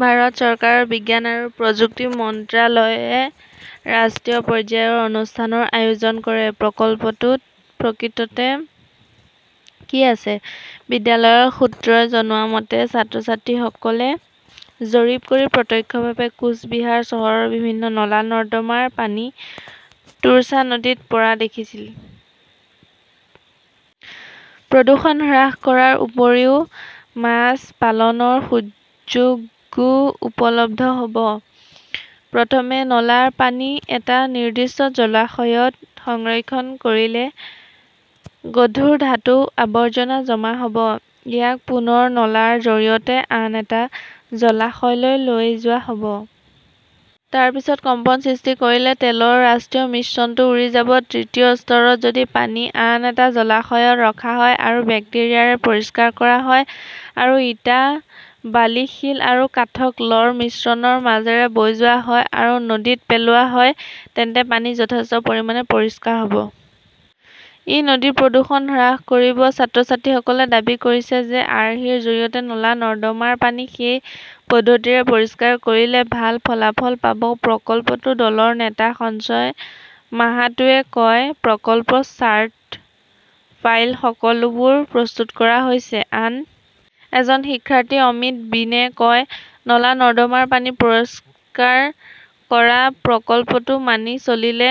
ভাৰত চৰকাৰৰ বিজ্ঞান আৰু প্ৰযুক্তি মন্ত্ৰালয়ে ৰাষ্ট্ৰীয় পৰ্যায়ৰ অনুষ্ঠানৰ আয়োজন কৰে। প্ৰকল্পটোত প্ৰকৃততে কি আছে? বিদ্যালয়ৰ সূত্ৰই জনোৱা মতে, ছাত্ৰ-ছাত্ৰীসকলে জৰীপ কৰি প্ৰত্যক্ষভাৱে কোচ বিহাৰ চহৰৰ বিভিন্ন নলা-নৰ্দমাৰ পানী তোৰছা নদীত পৰা দেখিছিল। প্ৰদূষণ হ্ৰাস কৰাৰ উপৰিও মাছ পালনৰ সুযোগও উপলব্ধ হ ব। প্ৰথমে নলাৰ পানী এটা নিৰ্দিষ্ট জলাশয়ত সংৰক্ষণ কৰিলে গধুৰ ধাতু, আৱৰ্জনা জমা হব। ইয়াক পুনৰ নলাৰ জৰিয়তে আন এটা জলাশয়লৈ লৈ যোৱা হব। তাৰ পিছত কম্পন সৃষ্টি কৰিলে তেলৰ ৰাষ্ট্ৰীয় মিশ্ৰণটো উৰি যাব। তৃতীয় স্তৰত যদি পানী আন এটা জলাশয়ত ৰখা হয় আৰু বেক্টেৰিয়াৰে পৰিষ্কাৰ কৰা হয় আৰু ইটা, বালি, শিল আৰু কাঠক 'লৰ মিশ্ৰণৰ মাজেৰে বৈ যোৱা হয় আৰু নদীত পেলোৱা হয়, তেন্তে পানী যথেষ্ট পৰিমাণে পৰিষ্কাৰ হ' ব। ই নদীৰ প্ৰদূষণ হ্ৰাস কৰিব। ছাত্ৰ-ছাত্ৰীসকলে দাবী কৰিছে যে আৰ্হিৰ জৰিয়তে নলা-নৰ্দমাৰ পানী সেই পদ্ধতিৰে পৰিষ্কাৰ কৰিলে ভাল ফলাফল পাব। প্ৰকল্পটোৰ দলৰ নেতা সঞ্জয় মাহাতোৱে কয়, প্ৰকল্প চাৰ্ট, ফাইল সকলোবোৰ প্ৰস্তুত কৰা হৈছে। আন এজন শিক্ষাৰ্থী অমিত বিনে কয়, নলা-নৰ্দমাৰ পানী পৰিষ্কাৰ কৰা প্ৰকল্পটো মানি চলিলে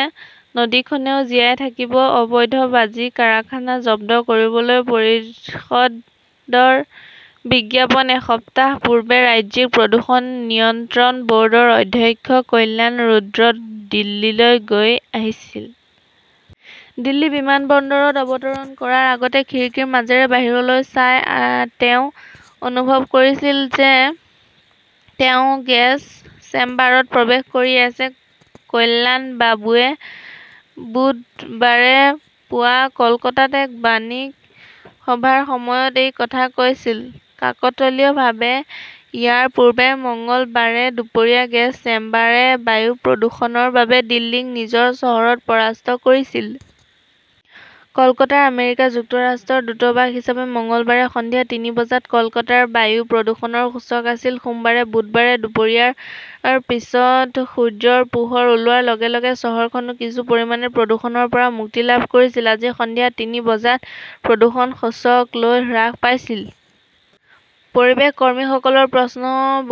নদীখনেও জীয়াই থাকিব। অবৈধ বাজি কাৰখানা জব্দ কৰিবলৈ পৰিষদৰ বিজ্ঞাপন এসপ্তাহ পূৰ্বে ৰাজ্যিক প্ৰদূষণ নিয়ন্ত্ৰণ বৰ্ডৰ অধ্যক্ষ কল্যাণ ৰুদ্ৰ দিল্লীলৈ গৈ আছিল। দিল্লী বিমানবন্দৰত অৱতৰণ কৰাৰ আগতে খিৰিকীৰ মাজেৰে বাহিৰলৈ চাই তেওঁ অনুভৱ কৰিছিল যে তেওঁ গেছ চেম্বাৰত প্ৰৱেশ কৰি আছে। কল্যাণবাবুৱে বুধবাৰে পুৱা কলকাতাত এক বণিক সভাৰ সময়ত এই কথা কৈছিল। কাকতালীয়ভাৱে, ইয়াৰ পূৰ্বে মঙলবাৰে দুপৰীয়া 'গেছ চেম্বাৰ -এ বায়ু প্ৰদূষণৰ বাবে দিল্লীক নিজৰ চহৰত পৰাস্ত কৰিছিল! কলকাতাৰ আমেৰিকা যুক্তৰাষ্ট্ৰৰ দূতাবাস হিচাপে মঙলবাৰে সন্ধিয়া তিনি বজাত কলকাতাৰ বায়ু প্ৰদূষণৰ সূচক আছিল। সোমবাৰে, বুধবাৰে দুপৰীয়াৰ পিছত সূৰ্যৰ পোহৰ ওলোৱাৰ লগে-লগে চহৰখনে কিছু পৰিমাণে প্ৰদূষণৰ পৰা মুক্তি লাভ কৰিছিল। আজি সন্ধিয়া তিনি বজাত প্ৰদূষণ সূচক লৈ হ্ৰাস পাইছিল। পৰিৱেশ কৰ্মীসকলৰ প্ৰশ্ন,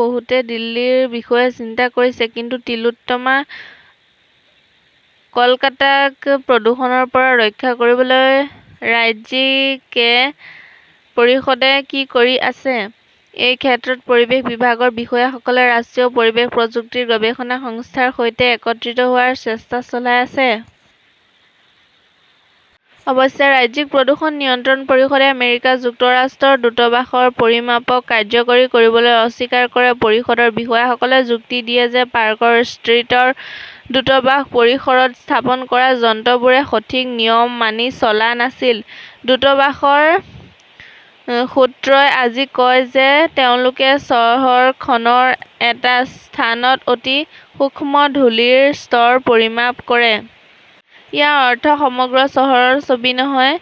বহুতে দিল্লীৰ বিষয়ে চিন্তা কৰিছে। কিন্তু টিলোত্তমা কলকাতাক প্ৰদূষণৰ পৰা ৰক্ষা কৰিবলৈ ৰাজ্যিক পৰিষদে কি কৰি আছে? এই ক্ষেত্ৰত পৰিৱেশ বিভাগৰ বিষয়াসকলে ৰাষ্ট্ৰীয় পৰিৱেশ প্ৰযুক্তি গৱেষণা সংস্থা ৰ সৈতে একত্ৰিত হোৱাৰ চেষ্টা চলাই আছে। অৱশ্যে, ৰাজ্যিক প্ৰদূষণ নিয়ন্ত্ৰণ পৰিষদে আমেৰিকা যুক্তৰাষ্ট্ৰৰ দূতাবাসৰ পৰিমাপক কাৰ্যকৰী কৰিবলৈ অস্বীকাৰ কৰে। পৰিষদৰ বিষয়াসকলে যুক্তি দিয়ে যে পাৰ্ক ষ্ট্ৰীটৰ দূতাবাস পৰিসৰত স্থাপন কৰা যন্ত্ৰবোৰে সঠিক নিয়ম মানি চলা নাছিল। দূতাবাসৰ সূত্ৰই আজি কয় যে তেওঁলোকে চহৰখনৰ এটা স্থানত অতি সূক্ষ্ম ধূলিৰ স্তৰ পৰিমাপ কৰে। ইয়াৰ অৰ্থ সমগ্ৰ চহৰৰ ছবি নহয়।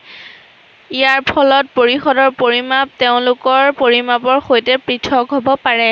ইয়াৰ ফলত পৰিষদৰ পৰিমাপ তেওঁলোকৰ পৰিমাপৰ সৈতে পৃথক হ 'ব পাৰে।